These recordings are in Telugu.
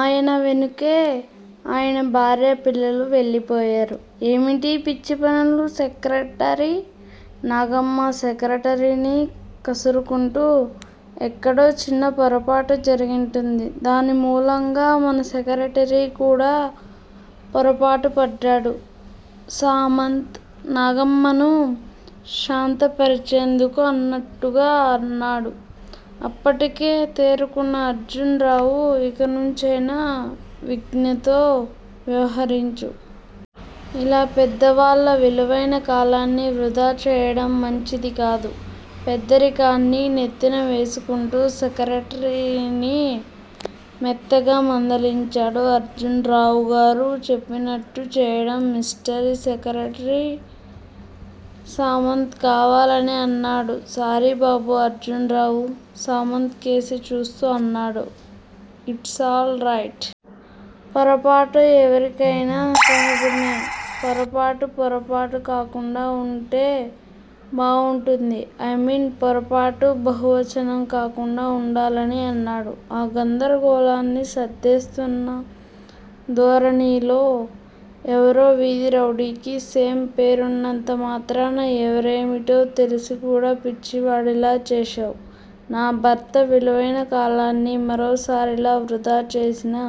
ఆయన వెనుకే ఆయన భార్యాపిల్లలు వెళ్ళిపోయారు. ఏమిటీ పిచ్చి పనులు సెక్రటరీ? నాగమ్మ సెక్రటరీని కసురుకుంటూ. ఎక్కడో చిన్న పొరపాటు జరిగుంటుంది. దాని మూలంగా మన సెక్రటరీ కూడా పొరపాటుపడ్డాడు సామంత్ నాగమ్మను శాంతపరిచేందుకు అన్నట్టుగా అన్నాడు. అప్పటికే తేరుకున్న అర్జున్ రావు ఇకనుంచైనా విజ్ఞతో వ్యవహరించు. ఇలా పెద్దవాళ్ళ విలువైన కాలాన్ని వృధా చేయడం మంచిది కాదు పెద్దరికాన్ని నెత్తిన వేసుకుంటూ సెక్రటరీని మెత్తగా మందలించాడు. అర్జున్ రావుగారు చెప్పినట్టు చేయండి మిస్టర్ సెక్రటరీ సామంత్ కావాలనే అన్నాడు. సారీ బాబు అర్జున్ రావు సామంత్ కేసి చూస్తూ అన్నాడు. It's all right. పొరపాటు ఎవరికైనా సహజమే. పొరపాటు పొరపాటు కాకుండా వుంటే బావుంటుంది. ఐమీన్ పొరపాటు బహువచనం కాకుండా వుండాలని అన్నాడు ఆ గందరగోళాన్ని సర్దేస్తున్న ధోరణిలో. ఎవరో వీధి రౌడీకి సేమ్ పేరున్నంత మాత్రాన ఎవరేమిటో తెలిసి కూడా పిచ్చివాడిలా చేశావ్. నా భర్త విలువైన కాలాన్ని మరోసారిలా వృధా చేసినా,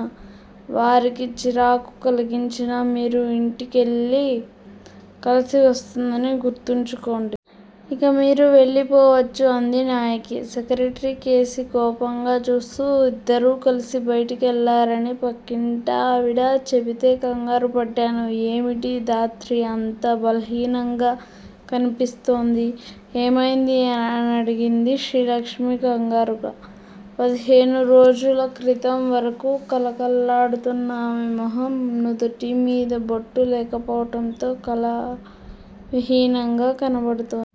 వారికి చిరాకు కలిగించినా మీరు ఇంటికెళ్ళ వలసి వస్తుందని గుర్తుంచుకోండి. ఇక మీరు వెళ్ళిపోవచ్చు అంది నాయకి సెక్రటరీకేసి కోపంగా చూస్తూ. ఇద్దరూ కలిసి బయటికెళ్ళారని పక్కింటావిడ చెబితే కంగారుపడ్డాను. ఏమిటి, ధాత్రి అంత బలహీనంగా కనిపిస్తోంది. ఏమైంది అనడిగింది శ్రీలక్ష్మి కంగారుగా. పదిహేనురోజుల క్రితం వరకూ కళకళలాడుతున్న ఆమె మొహం నుదుటిమీద బొట్టు లేకపోవటంతో కళావిహీనంగా కనబడుతోంది.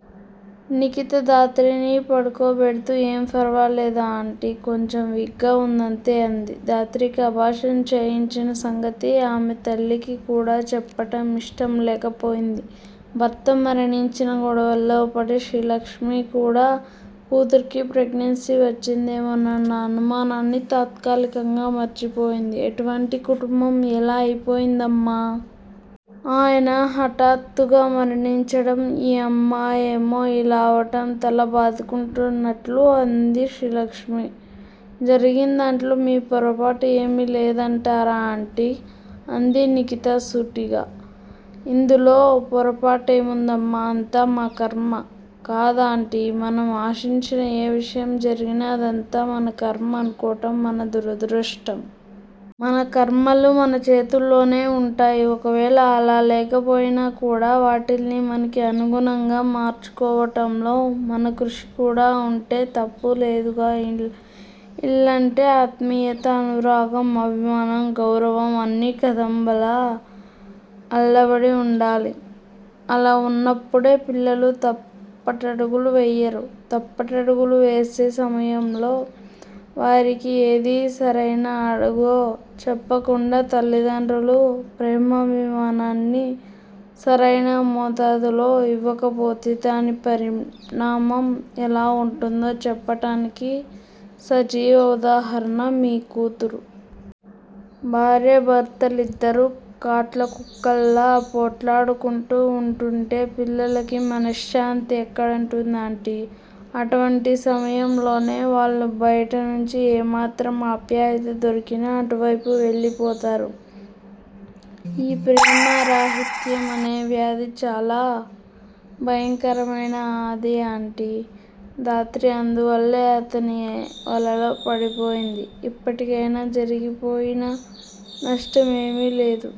నిఖిత ధాత్రిని పడుకోబెడుతూ ఏం ఫరవాలేదు ఆంటీ. కొంచెం వీక్ గా వుందంతే అంది. ధాత్రికి అబార్షన్ చేయించిన సంగతి ఆమె తల్లికి కూడా చెప్పటం ఇష్టంలేకపోయింది. భర్త మరణించిన గొడవల్లో పడి శ్రీలక్ష్మి కూడా కూతురికి ప్రెగ్నెన్సీ వచ్చిందేమోనన్న అనుమానాన్ని తాత్కాలికంగా మార్చిపోయింది. ఎటువంటి కుటుంబం ఎలా అయిపోయిందమ్మా! ఆయన హఠాత్తుగా మరణించడం ఈ అమ్మాయేమో ఇలా అవటం తల బాదుకుంటున్నట్లు అంది శ్రీలక్ష్మి. జరిగినదాంట్లో మీ పొరపాటు ఏమీ లేదంటారా ఆంటీ? అంది నిఖిత సూటిగా. ఇందులో పొరపాటేముందమ్మా? అంతా మా ఖర్మ. కాదు ఆంటీ. మనం ఆశించని ఏ విషయం జరిగినా అదంతా మనఖర్మ అనుకోవటం మన దురదృష్టం. మన ఖర్మలు మన చేతుల్లోనే వుంటాయి. ఒకవేళ అలా లేకపోయినా కూడా, వాటిల్ని మనకి అనుగుణంగా మార్చుకోవటంలో మన కృషి కూడా వుంటే తప్పులేదుగా. ఇల్లంటే ఆత్మీయత, అనురాగం, అభిమానం, గౌరవం అన్నీ కదంబంలా అల్లబడి వుండాలి. అలా వున్నప్పుడే పిల్లలు తప్పటడుగులు వెయ్యరు. తప్పటడుగులు వేసే సమయంలో వారికి ఏది సరయిన అడుగో చెప్పకుండా, తల్లిదండ్రులు ప్రేమాభిమానాల్ని సరయిన మోతాదులో ఇవ్వకపోతే దాని పరిణామం ఎలా వుంటుందో చెప్పటానికి సజీవ ఉదాహరణ మీ కూతురు. భార్యాభర్తలిద్దరు కాట్లకుక్కల్లా పోట్లాడుకుంటూ వుంటుంటే పిల్లలకి మనశ్శాంతి ఎక్కడుంటుంది ఆంటీ? అటువంటి సమయంలోనే వాళ్ళు బయటనుంచి ఏ మాత్రం ఆప్యాయత దొరికినా అటువైపు వెళ్ళి పోతారు. ఈ ప్రేమ రాహిత్యం అనే వ్యాధి చాలా భయంకరమైంది ఆంటీ. ధాత్రీ అందువల్లే అతని వలలో పడిపోయింది. ఇప్పటికైనా జరిగిపోయిన నష్టమేమీలేదు.